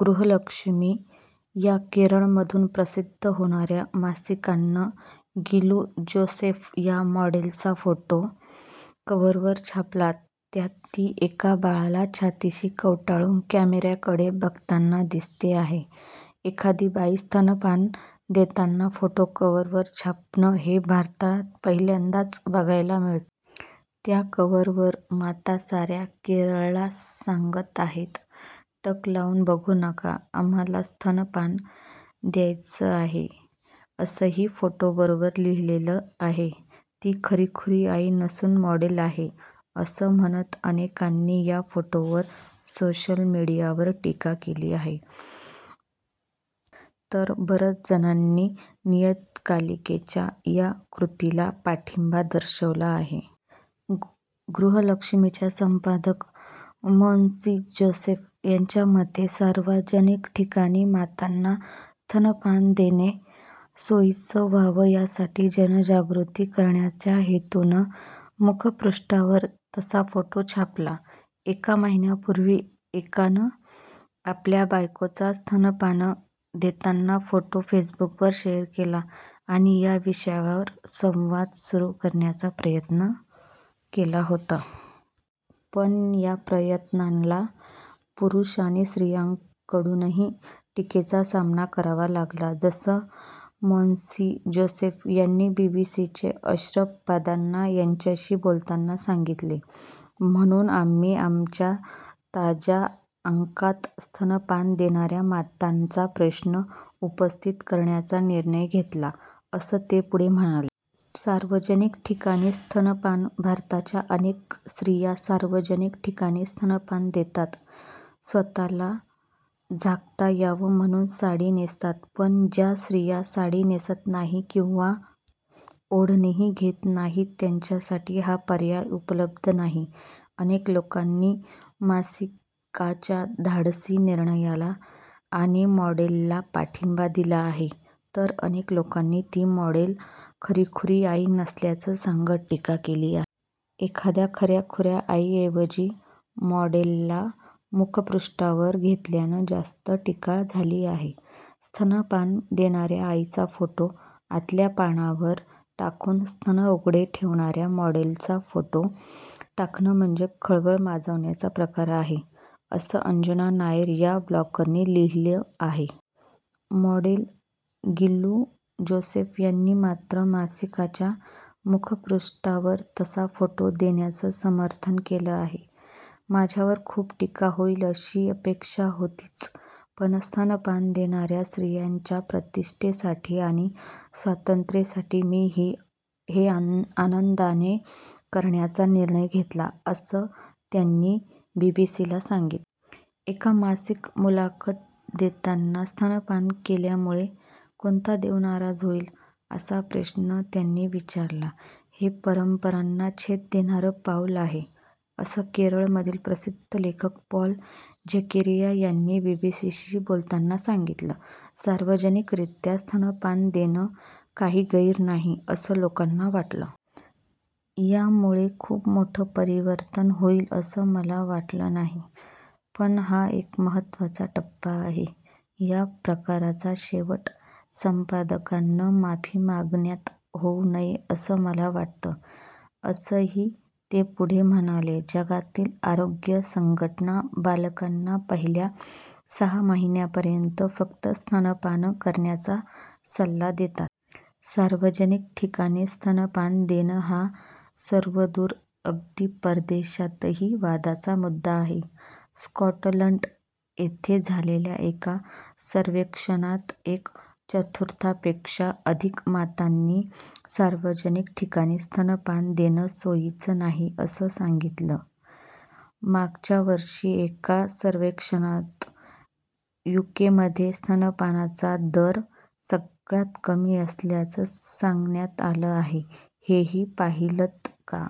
गृहलक्ष्मी या केरळमधून प्रसिद्ध होणाऱ्या मासिकानं गिलू जोसेफ या मॉडेलचा फोटो कव्हरवर छापला. त्यात ती एका बाळाला छातीशी कवटाळून कॅमेराकडे बघताना दिसते आहे. एखादी बाई स्तनपान देतानाचा फोटो कव्हरवर छापणं हे भारतात पहिल्यांदाच बघायला मिळतंय. त्या कव्हरवर माता साऱ्या केरळला सांगत आहेत टक लावून बघू नका, आम्हाला स्तनपान द्यायचं आहे, असंही फोटोबरोबर लिहिलेलं आहे. ती खरीखुरी आई नसून मॉडेल आहे, असं म्हणत अनेकांनी या फोटोवर सोशल मीडियावर टीका केली आहे, तर बऱ्याच जणांनी नियतकालिकाच्या या कृतीला पाठिंबाही दर्शवला आहे. गृहलक्ष्मीच्या संपादक मॉन्सी जोसेफ यांच्या मते, सार्वजनिक ठिकाणी मातांना स्तनपान देणं सोयीचं व्हावं यासाठी जनजागृती करण्याच्या हेतूनं मुखपृष्ठावर तसा फोटो छापला. एका महिन्यापूर्वी एकानं आपल्या बायकोचा स्तनपान देतानाचा फोटो फेसबुकवर शेअर केला होता आणि या विषयावर संवाद सुरू करण्याचा प्रयत्न केला होता. पण या प्रयत्नाला पुरुष आणि स्त्रियांकडूनही टीकेचा सामना करावा लागला होता, असं मॉन्सी जोसेफ यांनी बीबीसीचे अशरफ पदान्ना यांच्याशी बोलताना सांगितलं. म्हणून आम्ही आमच्या ताज्या अंकात स्तनपान देणाऱ्या मातांचा प्रश्न उपस्थित करण्याचा निर्णय घेतला, असं ते पुढे म्हणाले. सार्वजनिक ठिकाणी स्तनपान भारतात अनेक स्त्रिया सार्वजनिक ठिकाणी स्तनपान देताना स्वतःला झाकता यावं म्हणून साडी नेसतात. पण ज्या स्त्रिया साडी नेसत नाहीत किंवा ओढणीही घेत नाहीत, त्यांच्यासाठी हा पर्याय उपलब्ध नाही. अनेक लोकांनी मासिकाच्या धाडसी निर्णयाला आणि मॉडेलला पाठिंबा दिला आहे, तर अनेक लोकांनी ती मॉडेल खरीखुरी आई नसल्याचं सांगत टीका केली आहे. एखाद्या खऱ्याखुऱ्या आईऐवजी मॉडेलला मुखपृष्ठावर घेतल्यानं जास्त टीका झाली आहे. स्तनपान देणाऱ्या आईचा फोटो आतल्या पानावर टाकून स्तन उघडे ठेवणाऱ्या मॉडेलचा फोटो टाकणं म्हणजे खळबळ माजवण्याचा प्रकार आहे, असं अंजना नायर या ब्लॉगरनं लिहिलं आहे. मॉडेल गिलू जोसेफ यांनी मात्र मासिकाच्या मुखपृष्ठावर तसा फोटो देण्याचं समर्थन केलं आहे. माझ्यावर खूप टीका होईल अशी अपेक्षा होतीच. पण स्तनपान देणाऱ्या स्त्रियांच्या प्रतिष्ठेसाठी आणि स्वातंत्र्यासाठी मी हे आनंदानं करण्याचा निर्णय घेतला, असं त्यांनी बीबीसीला सांगितलं. एका मासिकाला मुलाखत देतांना स्तनपान केल्यामुळे कोणता देव नाराज होईल? असा प्रश्न त्यांनी विचारला. हे परंपरांना छेद देणारं पाऊल आहे, असं केरळमधील प्रसिद्ध लेखक पॉल झकेरिया यांनी बीबीसीशी बोलताना सांगितलं. सार्वजनिकरित्या स्तनपान देण्यात काही गैर नाही, असं लोकांना वाटेल. यामुळे खूप मोठं परिवर्तन होईल असं मला वाटत नाही, पण हा एक महत्त्वाचा टप्पा आहे. या प्रकरणाचा शेवट संपादकानं माफी मागण्यात होऊ नये असं मला वाटतं, असंही ते पुढे म्हणाले. जागतिक आरोग्य संघटना बालकांना पहिल्या सहा महिन्यापर्यंत फक्त स्तनपान करण्याचा सल्ला देतात. सार्वजनिक ठिकाणी स्तनपान देणं हा सर्वदूर अगदी परदेशातही वादाचा मुद्दा आहे. स्कॉटलंड येथे झालेल्या एका सर्वेक्षणात एक चतुर्थांपेक्षा अधिक मातांनी सार्वजनिक ठिकाणी स्तनपान देणं सोयीचं नाही असं सांगितलं. मागच्या वर्षी एका सर्वेक्षणात यूकेमध्ये स्तनपानाचा दर सगळ्यात कमी असल्याचं सांगण्यात आलं आहे. हेही पाहिलंत का?